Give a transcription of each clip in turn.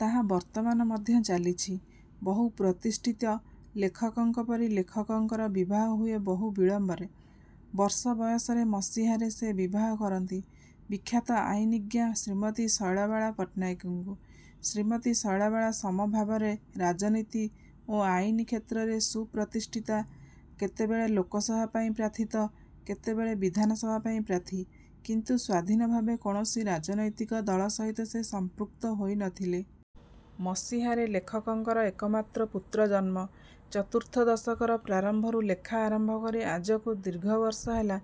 ତାହା ବର୍ତ୍ତମାନ ମଧ୍ୟ ଚାଲିଛି। ବହୁ ପ୍ରତିଷ୍ଠିତ ଲେଖକଙ୍କ ପରି ଲେଖକଙ୍କର ବିବାହ ହୁଏ ବହୁ ବିଳମ୍ବରେ। ବର୍ଷ ବୟସରେ ମସିହାରେ ସେ ବିବାହ କରନ୍ତି ବିଖ୍ୟାତ ଆଇନଜ୍ଞା ଶ୍ରୀମତୀ ଶୈଳବାଳା ପଟ୍ଟନାୟକଙ୍କୁ। ଶ୍ରୀମତୀ ଶୈଳବାଳା ସମଭାବରେ ରାଜନୀତି ଓ ଆଇନ କ୍ଷେତ୍ରରେ ସୁପ୍ରତିଷ୍ଠିତା। କେତେବେଳେ ଲୋକସଭା ପାଇଁ ପ୍ରାର୍ଥୀ ତ କେତେବେଳେ ବିଧାନସଭା ପାଇଁ ପ୍ରାର୍ଥୀ; କିନ୍ତୁ ସ୍ୱାଧୀନ ଭାବେ କୌଣସି ରାଜନୈତିକ ଦଳ ସହିତ ସେ ସଂପୃକ୍ତ ହୋଇ ନ ଥିଲେ। ମସିହାରେ ଲେଖକଙ୍କର ଏକମାତ୍ର ପୁତ୍ର ଜନ୍ମ। ଚତୁର୍ଥ ଦଶକର ପ୍ରାରମ୍ଭରୁ ଲେଖା ଆରମ୍ଭ କରି ଆଜକୁ ଦୀର୍ଘ ବର୍ଷ ହେଲା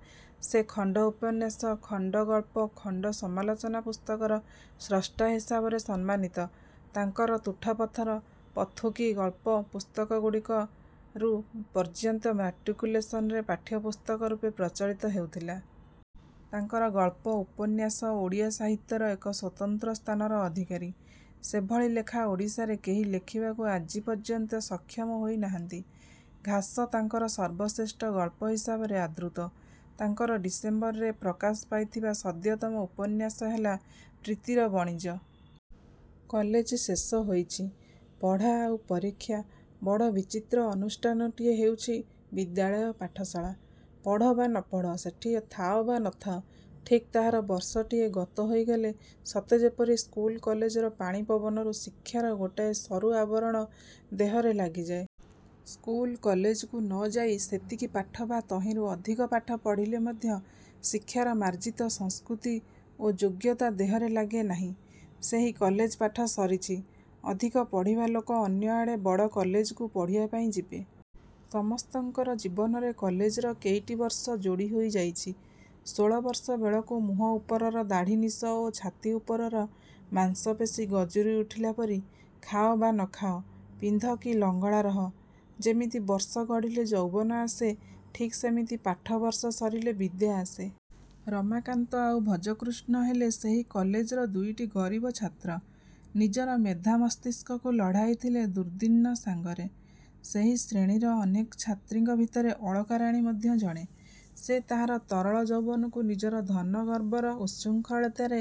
ସେ ଖଣ୍ଡ ଉପନ୍ୟାସ, ଖଣ୍ଡ ଗଳ୍ପ, ଖଣ୍ଡ ସମାଲୋଚନା ପୁସ୍ତକର ସ୍ରଷ୍ଟା ହିସାବରେ ସମ୍ମାନିତ। ତାଙ୍କର 'ତୁଠପଥର', 'ପଥୁକୀ', ଗଳ୍ପ ପୁସ୍ତକଗୁଡ଼ିକ ରୁ ପର୍ଯ୍ୟନ୍ତ ମ୍ୟାଟ୍ରିକୁଲେସନରେ ପାଠ୍ୟପୁସ୍ତକ ରୂପେ ପ୍ରଚଳିତ ହେଉଥିଲା। ତାଙ୍କର ଗଳ୍ପ ଉପନ୍ୟାସ ଓଡ଼ିଆ ସାହିତ୍ୟର ଏକ ସ୍ୱତନ୍ତ୍ର ସ୍ଥାନର ଅଧିକାରୀ। ସେଭଳି ଲେଖା ଓଡ଼ିଶାରେ କେହି ଲେଖିବାକୁ ଆଜିପର୍ଯ୍ୟନ୍ତ ସକ୍ଷମ ହୋଇ ନାହାନ୍ତି। 'ଘାସ' ତାଙ୍କର ସର୍ବଶ୍ରେଷ୍ଠ ଗଳ୍ପ ହିସାବରେ ଆଦୃତ। ତାଙ୍କର ଡିସେମ୍ବରରେ ପ୍ରକାଶ ପାଇଥିବା ସଦ୍ୟତମ ଉପନ୍ୟାସ ହେଲା 'ପ୍ରୀତିର ବଣିଜ'। କଲେଜ ଶେଷ ହୋଇଛି-ପଢ଼ା ଆଉ ପରୀକ୍ଷା। ବଡ଼ ବିଚିତ୍ର ଅନୁଷ୍ଠାନଟିଏ ହେଉଛି ବିଦ୍ୟାଳୟ-ପାଠଶାଳା। ପଢ଼ ବା ନ ପଢ଼, ସେଠି ଥାଅ ବା ନ ଥାଅ, ଠିକ୍ ତାହାର ବର୍ଷଟିଏ ଗତ ହେଇଗଲେ ସତେ ଯେପରି ସ୍କୁଲ କଲେଜର ପାଣି ପବନରୁ ଶିକ୍ଷାର ଗୋଟାଏ ସରୁ ଆବରଣ ଦେହରେ ଲାଗିଯାଏ। ସ୍କୁଲ କଲେଜକୁ ନ ଯାଇ ସେତିକି ପାଠ ବା ତହିଁରୁ ଅଧିକ ପାଠ ପଢ଼ିଲେ ମଧ୍ୟ ଶିକ୍ଷାର ମାର୍ଜିତ ସଂସ୍କୃତି ଓ ଯୋଗ୍ୟତା ଦେହରେ ଲାଗେ ନାହିଁ। ସେହି କଲେଜ ପାଠ ସରିଛି। ଅଧିକ ପଢ଼ିବା ଲୋକ ଅନ୍ୟ ଆଡ଼େ ବଡ଼ କଲେଜକୁ ପଢ଼ିବା ପାଇଁ ଯିବେ। ସମସ୍ତଙ୍କ ଜୀବନରେ କଲେଜର କେଇଟି ବର୍ଷ ଯୋଡ଼ିହୋଇ ଯାଇଛି-ଷୋଳବର୍ଷ ବେଳକୁ ମୁହଁ ଉପରର ଦାଢ଼ି ନିଶ ଓ ଛାତି ଉପରର ମାଂସପେଶୀ ଗଜୁରୀ ଉଠିଲା ପରି-। ଖାଅ ବା ନ ଖାଅ, ପିନ୍ଧ କି ଲଙ୍ଗଳା ରହ ଯେମିତି ବର୍ଷ ଗଡ଼ିଲେ ଯୌବନ ଆସେ ଠିକ୍ ସେମିତି ପାଠ-ବର୍ଷ ସରିଲେ ବିଦ୍ୟା ଆସେ। ରମାକାନ୍ତ ଆଉ ଭଜକୃଷ୍ଣ ହେଲେ ସେହି କଲେଜର ଦୁଇଟି ଗରିବ ଛାତ୍ର-ନିଜର ମେଧା ମସ୍ତିଷ୍କକୁ ଲଢ଼ାଇ ଥିଲେ ଦୁର୍ଦ୍ଦିନ ସାଙ୍ଗରେ। ସେହି ଶ୍ରେଣୀର ଅନେକ ଛାତ୍ରୀଙ୍କ ଭିତରେ ଅଳକାରାଣୀ ମଧ୍ୟ ଜଣେ। ସେ ତାହାର ତରଳ ଯୌବନକୁ ନିଜର ଧନ ଗର୍ବର ଉତ୍ସୃଙ୍ଖଳତାରେ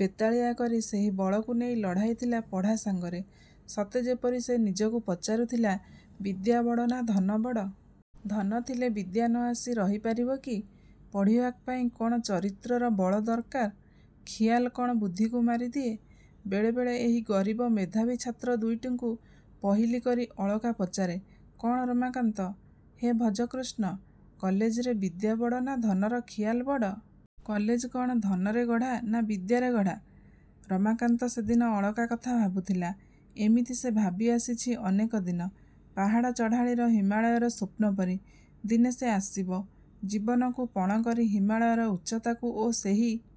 ବେତାଳିଆ କରି ସେହି ବଳକୁ ନେଇ ଲଢ଼ାଇଥିଲା ପଢ଼ା ସାଙ୍ଗରେ-ସତେ ଯେପରି ସେ ନିଜକୁ ପଚାରୁଥିଲା- ବିଦ୍ୟା ବଡ଼ ନା ଧନ ବଡ଼? ଧନ ଥିଲେ ବିଦ୍ୟା ନ ଆସି ରହି ପାରିବ କି? ପଢ଼ିବା ପାଇଁ କ'ଣ ଚରିତ୍ରର ବଳ ଦରକାର? ଖିଆଲ କ'ଣ ବୁଦ୍ଧିକୁ ମାରିଦିଏ? ବେଳେବେଳେ ଏହି ଗରିବ ମେଧାବୀ ଛାତ୍ର ଦୁଇଟିଙ୍କୁ ପହଲି କରି ଅଳକା ପଚାରେ-କ'ଣ ରମାକାନ୍ତ? -ହେ ଭଜକୃଷ୍ଣ? -କଲେଜରେ ବିଦ୍ୟା ବଡ଼ ନା ଧନର ଖିଆଲ ବଡ଼? କଲେଜ କ'ଣ ଧନରେ ଗଢ଼ା ନା ବିଦ୍ୟାରେ ଗଢ଼ା? ରମାକାନ୍ତ ସେଦିନ ଅଳକା କଥା ଭାବୁଥିଲା। ଏମିତି ସେ ଭାବି ଆସିଛି ଅନେକ ଦିନ-ପାହାଡ଼ ଚଢ଼ାଳୀର ହିମାଳୟର ସ୍ୱପ୍ନ ପରି। ଦିନେ ସେ ଆସିବ। ଜୀବନକୁ ପଣ କରି ହିମାଳୟର ଉଚ୍ଚତାକୁ ଓ ସେହି